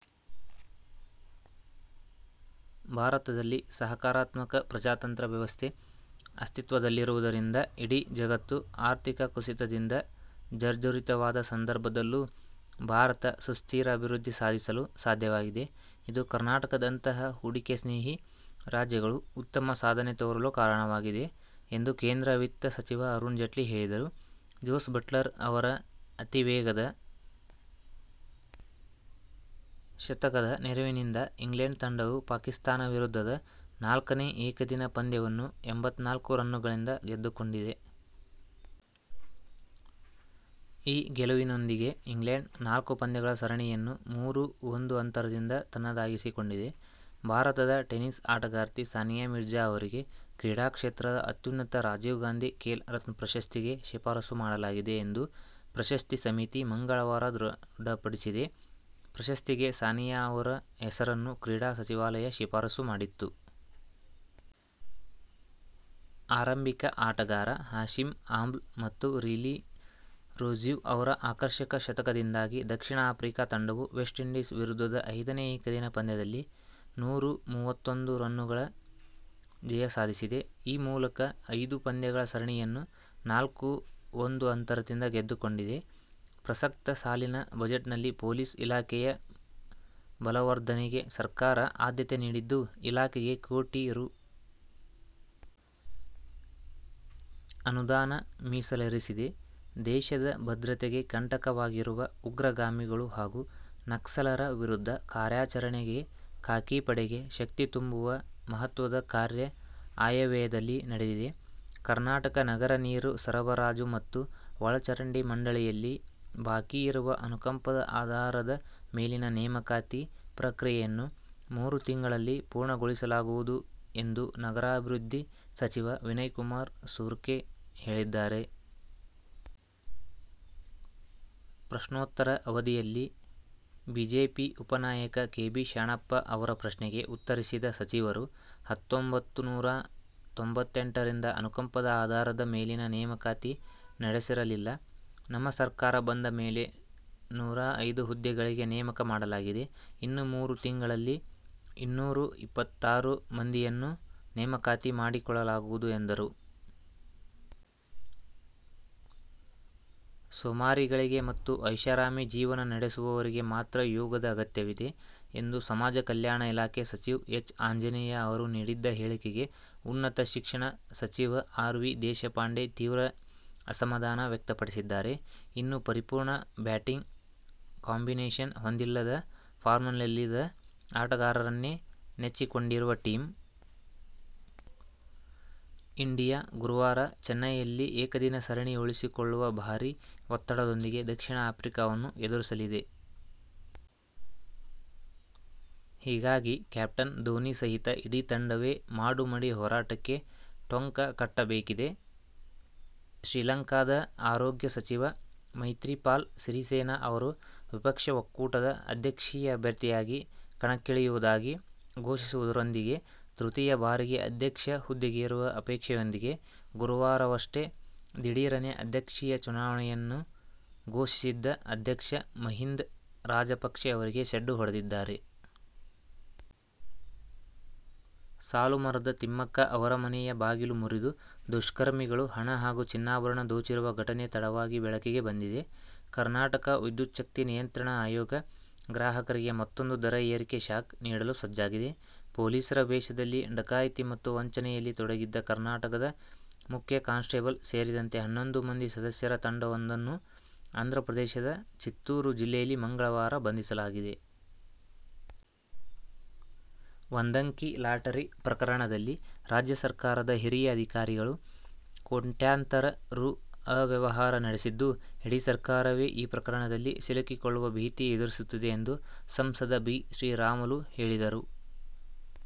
ಭಾರತದಲ್ಲಿ ಸಹಕಾರಾತ್ಮಕ ಪ್ರಜಾತಂತ್ರ ವ್ಯವಸ್ಥೆ ಅಸ್ತಿತ್ವದಲ್ಲಿರುವುದರಿಂದ ಇಡೀ ಜಗತ್ತು ಆರ್ಥಿಕ ಕುಸಿತದಿಂದ ಜರ್ಝರಿತವಾದ ಸಂದರ್ಭದಲ್ಲೂ ಭಾರತ ಸುಸ್ಥಿರ ಅಭಿವೃದ್ಧಿ ಸಾಧಿಸಲು ಸಾಧ್ಯವಾಗಿದೆ. ಇದು ಕರ್ನಾಟಕದಂತಹ ಹೂಡಿಕೆ ಸ್ನೇಹಿ ರಾಜ್ಯಗಳು ಉತ್ತಮ ಸಾಧನೆ ತೋರಲು ಕಾರಣವಾಗಿದೆ ಎಂದು ಕೇಂದ್ರ ವಿತ್ತ ಸಚಿವ ಅರುಣ್ ಜೇಟ್ಲಿ ಹೇಳಿದರು. ಜೋಸ್ ಬಟ್ಲರ್ ಅವರ ಅತೀವೇಗದ ಶತಕದ ನೆರವಿನಿಂದ ಇಂಗ್ಲೆಂಡ್ ತಂಡವು ಪಾಕಿಸ್ಥಾನ ವಿರುದ್ಧದ ನಾಲ್ಕನೇ ಏಕದಿನ ಪಂದ್ಯವನ್ನು ಎಂಭತ್ತನಾಲ್ಕು ರನ್ನುಗಳಿಂದ ಗೆದ್ದುಕೊಂಡಿದೆ. ಈ ಗೆಲುವಿನೊಂದಿಗೆ ಇಂಗ್ಲೆಂಡ್ ನಾಲ್ಕು ಪಂದ್ಯಗಳ ಸರಣಿಯನ್ನು ಮೂರು-ಒಂದು ಅಂತರದಿಂದ ತನ್ನದಾಗಿಸಿಕೊಂಡಿದೆ. ಭಾರತದ ಟೆನಿಸ್ ಆಟಗಾರ್ತಿ ಸಾನಿಯಾ ಮಿರ್ಜಾ ಅವರಿಗೆ ಕ್ರೀಡಾ ಕ್ಷೇತ್ರದ ಅತ್ಯುನ್ನತ ರಾಜೀವ್ ಗಾಂಧಿ ಖೇಲ್ ರತ್ನ ಪ್ರಶಸ್ತಿಗೆ ಶಿಫಾರಸು ಮಾಡಲಾಗಿದೆ ಎಂದು ಪ್ರಶಸ್ತಿ ಸಮಿತಿ ಮಂಗಳವಾರ ಧೃಡಪಡಿಸಿದೆ. ಪ್ರಶಸ್ತಿಗೆ ಸಾನಿಯಾ ಅವರ ಹೆಸರನ್ನು ಕ್ರೀಡಾ ಸಚಿವಾಲಯ ಶಿಫಾರಸು ಮಾಡಿತ್ತು. ಆರಂಭಿಕ ಆಟಗಾರ ಹಾಶಿಮ್ ಆಮ್ಲ ಮತ್ತು ರಿಲೀ ರೂಸ್ಯೊ ಅವರ ಆಕರ್ಷಕ ಶತಕದಿಂದಾಗಿ ದಕ್ಷಿಣ ಆಫ್ರಿಕಾ ತಂಡವು ವೆಸ್ಟ್ಇಂಡೀಸ್ ವಿರುದ್ಧದ ಐದನೇ ಏಕದಿನ ಪಂದ್ಯದಲ್ಲಿ ನೂರ ಮೂವತ್ತೊಂದು ರನ್ನುಗಳ ಜಯ ಸಾಧಿಸಿದೆ. ಈ ಮೂಲಕ ಐದು ಪಂದ್ಯಗಳ ಸರಣಿಯನ್ನು ನಾಲ್ಕು-ಒಂದು ಅಂತರದಿಂದ ಗೆದ್ದುಕೊಂಡಿದೆ. ಪ್ರಸಕ್ತ ಸಾಲಿನ ಬಜೆಟ್ನಲ್ಲಿ ಪೊಲೀಸ್ ಇಲಾಖೆಯ ಬಲವರ್ಧನೆಗೆ ಸರ್ಕಾರ ಆದ್ಯತೆ ನೀಡಿದ್ದು, ಇಲಾಖೆಗೆ ಕೋಟಿ ರೂ. ಅನುದಾನ ಮೀಸಲಿರಿಸಿದೆ. ದೇಶದ ಭದ್ರತೆಗೆ ಕಂಟಕವಾಗಿರುವ ಉಗ್ರಗಾಮಿಗಳು ಹಾಗೂ ನಕ್ಸಲರ ವಿರುದ್ಧ ಕಾರ್ಯಾಚರಣೆಗೆ ಖಾಕಿ ಪಡೆಗೆ ಶಕ್ತಿ ತುಂಬುವ ಮಹತ್ವದ ಕಾರ್ಯ ಆಯವ್ಯಯದಲ್ಲಿ ನಡೆದಿದೆ. ಕರ್ನಾಟಕ ನಗರ ನೀರು ಸರಬರಾಜು ಮತ್ತು ಒಳಚರಂಡಿ ಮಂಡಳಿಯಲ್ಲಿ ಬಾಕಿ ಇರುವ ಅನುಕಂಪದ ಆಧಾರದ ಮೇಲಿನ ನೇಮಕಾತಿ ಪ್ರಕ್ರಿಯೆಯನ್ನು ಮೂರು ತಿಂಗಳಲ್ಲಿ ಪೂರ್ಣಗೊಳಿಸಲಾಗುವುದು ಎಂದು ನಗರಾಭಿವೃದ್ಧಿ ಸಚಿವ ವಿನಯಕುಮಾರ್ ಸೊರಕೆ ಹೇಳಿದ್ದಾರೆ. ಪ್ರಶ್ನೋತ್ತರ ಅವಧಿಯಲ್ಲಿ ಬಿಜೆಪಿ ಉಪನಾಯಕ ಕೆ. ಬಿ. ಶಾಣಪ್ಪ ಅವರ ಪ್ರಶ್ನೆಗೆ ಉತ್ತರಿಸಿದ ಸಚಿವರು, ಹತ್ತೊಂಬತ್ತು ನೂರ ತೊಂಬತ್ತೆಂಟರಿಂದ ಅನುಕಂಪದ ಆಧಾರದ ಮೇಲಿನ ನೇಮಕಾತಿ ನಡೆಸಿರಲಿಲ್ಲ. ನಮ್ಮ ಸರ್ಕಾರ ಬಂದ ಮೇಲೆ ನೂರ ಐದು ಹುದ್ದೆಗಳಿಗೆ ನೇಮಕ ಮಾಡಲಾಗಿದೆ. ಇನ್ನು ಮೂರು ತಿಂಗಳಲ್ಲಿ ಇನ್ನೂರ ಇಪ್ಪತ್ತಾರು ಮಂದಿಯನ್ನು ನೇಮಕಾತಿ ಮಾಡಿಕೊಳ್ಳಲಾಗುವುದು ಎಂದರು. "ಸೋಮಾರಿಗಳಿಗೆ ಮತ್ತು ಐಷಾರಾಮಿ ಜೀವನ ನಡೆಸುವವರಿಗೆ ಮಾತ್ರ ಯೋಗದ ಅಗತ್ಯವಿದೆ" ಎಂದು ಸಮಾಜ ಕಲ್ಯಾಣ ಇಲಾಖೆ ಸಚಿವ ಎಚ್. ಆಂಜನೇಯ ಅವರು ನೀಡಿದ್ದ ಹೇಳಿಕೆಗೆ ಉನ್ನತ ಶಿಕ್ಷಣ ಸಚಿವ ಆರ್. ವಿ. ದೇಶಪಾಂಡೆ ತೀವ್ರ ಅಸಮಾಧಾನ ವ್ಯಕ್ತಪಡಿಸಿದ್ದಾರೆ. ಇನ್ನೂ ಪರಿಪೂರ್ಣ ಬ್ಯಾಟಿಂಗ್ ಕಾಂಬಿನೇಶನ್ ಹೊಂದಿಲ್ಲದ, ಫಾರ್ಮ್ನಲ್ಲಿಲ್ಲದ ಆಟಗಾರರನ್ನೇ ನೆಚ್ಚಿಕೊಂಡಿರುವ ಟೀಮ್ ಇಂಡಿಯಾ ಗುರುವಾರ ಚೆನ್ನೈಯಲ್ಲಿ ಏಕದಿನ ಸರಣಿ ಉಳಿಸಿಕೊಳ್ಳುವ ಭಾರೀ ಒತ್ತಡದೊಂದಿಗೆ ದಕ್ಷಿಣ ಆಫ್ರಿಕಾವನ್ನು ಎದುರಿಸಲಿದೆ. ಹೀಗಾಗಿ ಕ್ಯಾಪ್ಟನ್ ಧೋನಿ ಸಹಿತ ಇಡೀ ತಂಡವೇ ಮಾಡು-ಮಡಿ ಹೋರಾಟಕ್ಕೆ ಟೊಂಕ ಕಟ್ಟಬೇಕಿದೆ. ಶ್ರೀಲಂಕಾದ ಆರೋಗ್ಯ ಸಚಿವ ಮೈತ್ರಿಪಾಲ ಸಿರಿಸೇನಾ ಅವರು ವಿಪಕ್ಷ ಒಕ್ಕೂಟದ ಅಧ್ಯಕ್ಷೀಯ ಅಭ್ಯರ್ಥಿಯಾಗಿ ಕಣಕ್ಕಿಳಿಯುವುದಾಗಿ ಘೋಷಿಸುವುದರೊಂದಿಗೆ ತೃತೀಯ ಬಾರಿಗೆ ಅಧ್ಯಕ್ಷ ಹುದ್ದೆಗೇರುವ ಅಪೇಕ್ಷೆಯೊಂದಿಗೆ ಗುರುವಾರವಷ್ಟೇ ದಿಢೀರನೆ ಅಧ್ಯಕ್ಷೀಯ ಚುನಾವಣೆಯನ್ನು ಘೋಷಿಸಿದ್ದ ಅಧ್ಯಕ್ಷ ಮಹೀಂದ ರಾಜಪಕ್ಷೆ ಅವರಿಗೆ ಸೆಡ್ಡು ಹೊಡೆದಿದ್ದಾರೆ. ಸಾಲು ಮರದ ತಿಮ್ಮಕ್ಕ ಅವರ ಮನೆಯ ಬಾಗಿಲು ಮುರಿದು ದುಷ್ಕರ್ಮಿಗಳು ಹಣ ಹಾಗೂ ಚಿನ್ನಾಭರಣ ದೋಚಿರುವ ಘಟನೆ ತಡವಾಗಿ ಬೆಳಕಿಗೆ ಬಂದಿದೆ. ಕರ್ನಾಟಕ ವಿದ್ಯುತ್ಛಕ್ತಿ ನಿಯಂತ್ರಣ ಆಯೋಗ ಗ್ರಾಹಕರಿಗೆ ಮತ್ತೂಂದು ದರ ಏರಿಕೆ ಶಾಕ್ ನೀಡಲು ಸಜ್ಜಾಗಿದೆ. ಪೊಲೀಸರ ವೇಷದಲ್ಲಿ ಡಕಾಯತಿ ಮತ್ತು ವಂಚನೆಯಲ್ಲಿ ತೊಡಗಿದ್ದ ಕರ್ನಾಟಕದ ಮುಖ್ಯ ಕಾನ್ಸ್ಟೆಬಲ್ ಸೇರಿದಂತೆ ಹನ್ನೊಂದು ಮಂದಿ ಸದಸ್ಯರ ತಂಡವೊಂದನ್ನು ಆಂಧ್ರ ಪ್ರದೇಶದ ಚಿತ್ತೂರು ಜಿಲ್ಲೆಯಲ್ಲಿ ಮಂಗಳವಾರ ಬಂಧಿಸಲಾಗಿದೆ. ಒಂದಂಕಿ ಲಾಟರಿ ಪ್ರಕರಣದಲ್ಲಿ ರಾಜ್ಯ ಸರ್ಕಾರದ ಹಿರಿಯ ಅಧಿಕಾರಿಗಳು ಕೋಟ್ಯಂತರ ರೂ. ಅವ್ಯವಹಾರ ನಡೆಸಿದ್ದು, ಇಡೀ ಸರ್ಕಾರವೇ ಈ ಪ್ರಕರಣದಲ್ಲಿ ಸಿಲುಕಿಕೊಳ್ಳುವ ಭೀತಿ ಎದುರಿಸುತ್ತಿದೆ ಎಂದು ಸಂಸದ ಬಿ. ಶ್ರೀರಾಮುಲು ಹೇಳಿದರು.